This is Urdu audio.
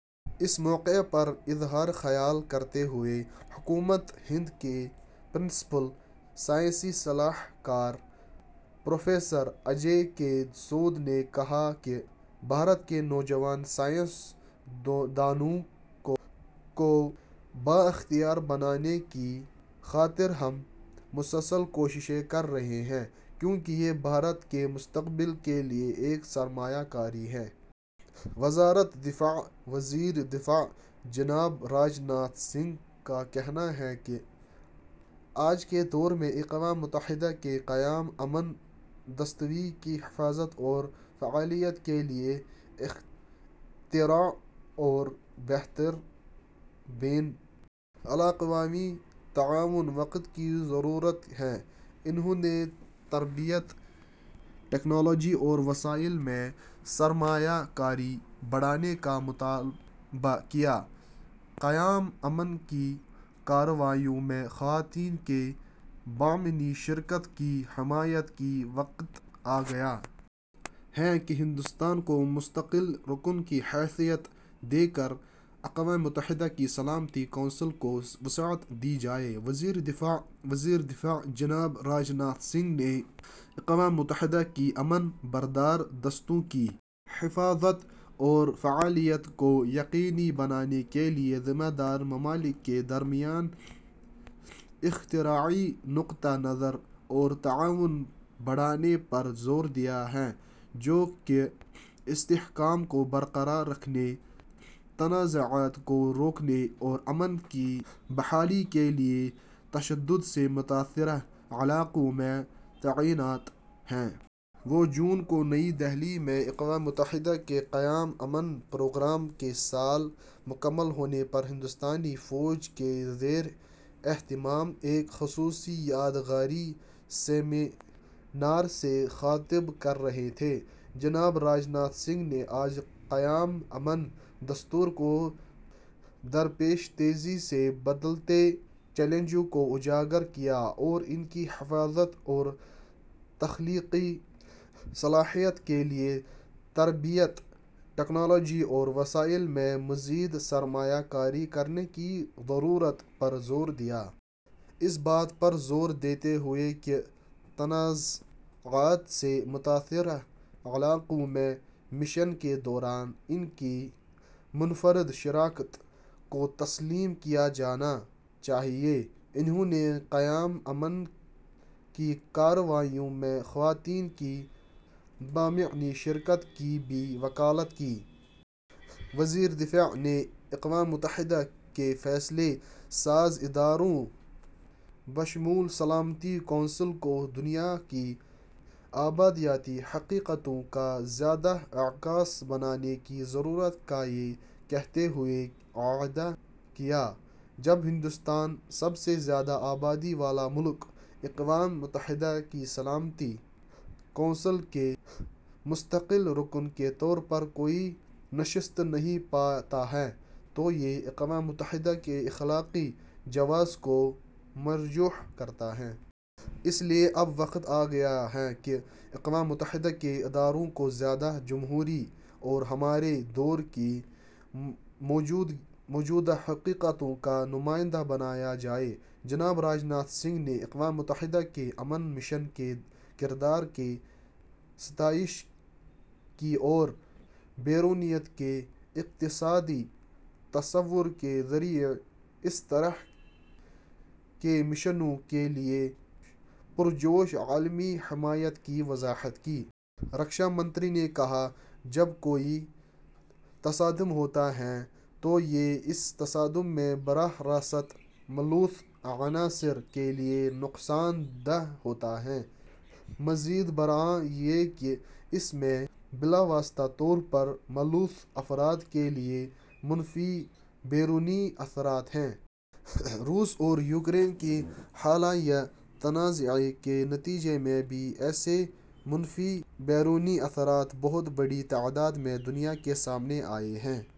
اس موقع پر اظہارخیال کرتے ہوئے ، حکومت ہند کے پرنسپل سائنسی صلاح کار ، پروفیسر اجے کے سود نے کہاکہ ''بھارت کے نوجوان سائنس دانوں کو بااختیاربنانے کی خاطرہم مسلسل کوششیں کررہے ہیں کیونکہ یہ بھارت کےمستقبل کے لئے ایک سرمایہ کاری ہے۔ ''. وزارت دفاع وزیر دفاع جناب راج ناتھ سنگھ کا کہنا ہے کہ آج کے دور میں اقوام متحدہ کے قیام امن دستوں کی حفاظت اور فعالیت کے لیے اختراع اور بہتر بین الاقوامی تعاون وقت کی ضرورت ہے انہوں نے تربیت، ٹیکنالوجی اور وسائل میں سرمایہ کاری بڑھانے کا مطالبہ کیا؛ قیام امن کی کارروائیوں میں خواتین کی بامعنی شرکت کی حمایت کی وقت آگیا ہے کہ ہندوستان کو مستقل رکن کی حیثیت دے کراقوام متحدہ کی سلامتی کونسل کو وسعت دی جائے: وزیردفاع وزیر دفاع جناب راج ناتھ سنگھ نے اقوام متحدہ کے امن بردار دستوں کی حفاظت اور فعالیت کو یقینی بنانے کے لیے ذمہ دار ممالک کے درمیان اختراعی نقطہ نظر اور تعاون بڑھانے پر زور دیا ہے جو کہ استحکام کو برقرار رکھنے، تنازعات کو روکنے اور امن کی بحالی کے لیے تشدد سے متاثرہ علاقوں میں تعینات ہیں۔ وہ جون کو نئی دہلی میں اقوام متحدہ کے قیام امن پروگرام کے سال مکمل ہونے پر ہندوستانی فوج کے زیر اہتمام ایک خصوصی یادگاری سیمینار سے خطاب کر رہے تھے۔ جناب راج ناتھ سنگھ نے آج قیام امن دستوں کو درپیش تیزی سے بدلتے چیلنجوں کو اجاگر کیا اور ان کی حفاظت اور تخلیقی صلاحیت کے لیے تربیت، ٹیکنالوجی اور وسائل میں مزید سرمایہ کاری کرنے کی ضرورت پر زور دیا۔ ، اس بات پر زور دیتے ہوئے کہ تنازعات سے متاثرہ علاقوں میں مشن کے دوران ان کی منفرد شراکت کو تسلیم کیا جانا چاہیے، انہوں نے قیام امن کی کارروائیوں میں خواتین کی بامعنی شرکت کی بھی وکالت کی۔ وزیر دفاع نے اقوام متحدہ کے فیصلہ ساز اداروں بشمول سلامتی کونسل کو دنیا کی آبادیاتی حقیقتوں کا زیادہ عکاس بنانے کی ضرورت کا یہ کہتے ہوئے اعادہ کیا۔ ''جب ہندوستان، سب سے زیادہ آبادی والا ملک، اقوام متحدہ کی سلامتی کونسل کے مستقل رکن کے طور پر کوئی نشست نہیں پاتا ہے، تو یہ اقوام متحدہ کے اخلاقی جواز کو مجروح کرتا ہے۔ اس لیے اب وقت آگیا ہے کہ اقوام متحدہ کے اداروں کو زیادہ جمہوری اور ہمارے دور کی موجودہ حقیقتوں کا نمائندہ بنایا جائے''۔ جناب راج ناتھ سنگھ نے اقوام متحدہ کے امن مشن کے کردار کی ستائش کی اور 'بیرونیت' کے اقتصادی تصور کے ذریعے اس طرح کے مشنوں کے لیے پرجوش عالمی حمایت کی وضاحت کی۔ رکشا منتری نے کہا ''جب کوئی تصادم ہوتا ہے، تو یہ اس تصادم میں براہ راست ملوث عناصر کے لیے نقصان دہ ہوتا ہے۔ مزید برآں یہ کہ اس میں بالواسطہ طور پر ملوث افراد کے لیے منفی بیرونی اثرات ہیں۔ روس اور یوکرین کے حالیہ تنازعےکے نتیجے میں بھی ایسے منفی بیرونی اثرات بہت بڑی تعداد میں دنیا کے سامنے آئے ہیں۔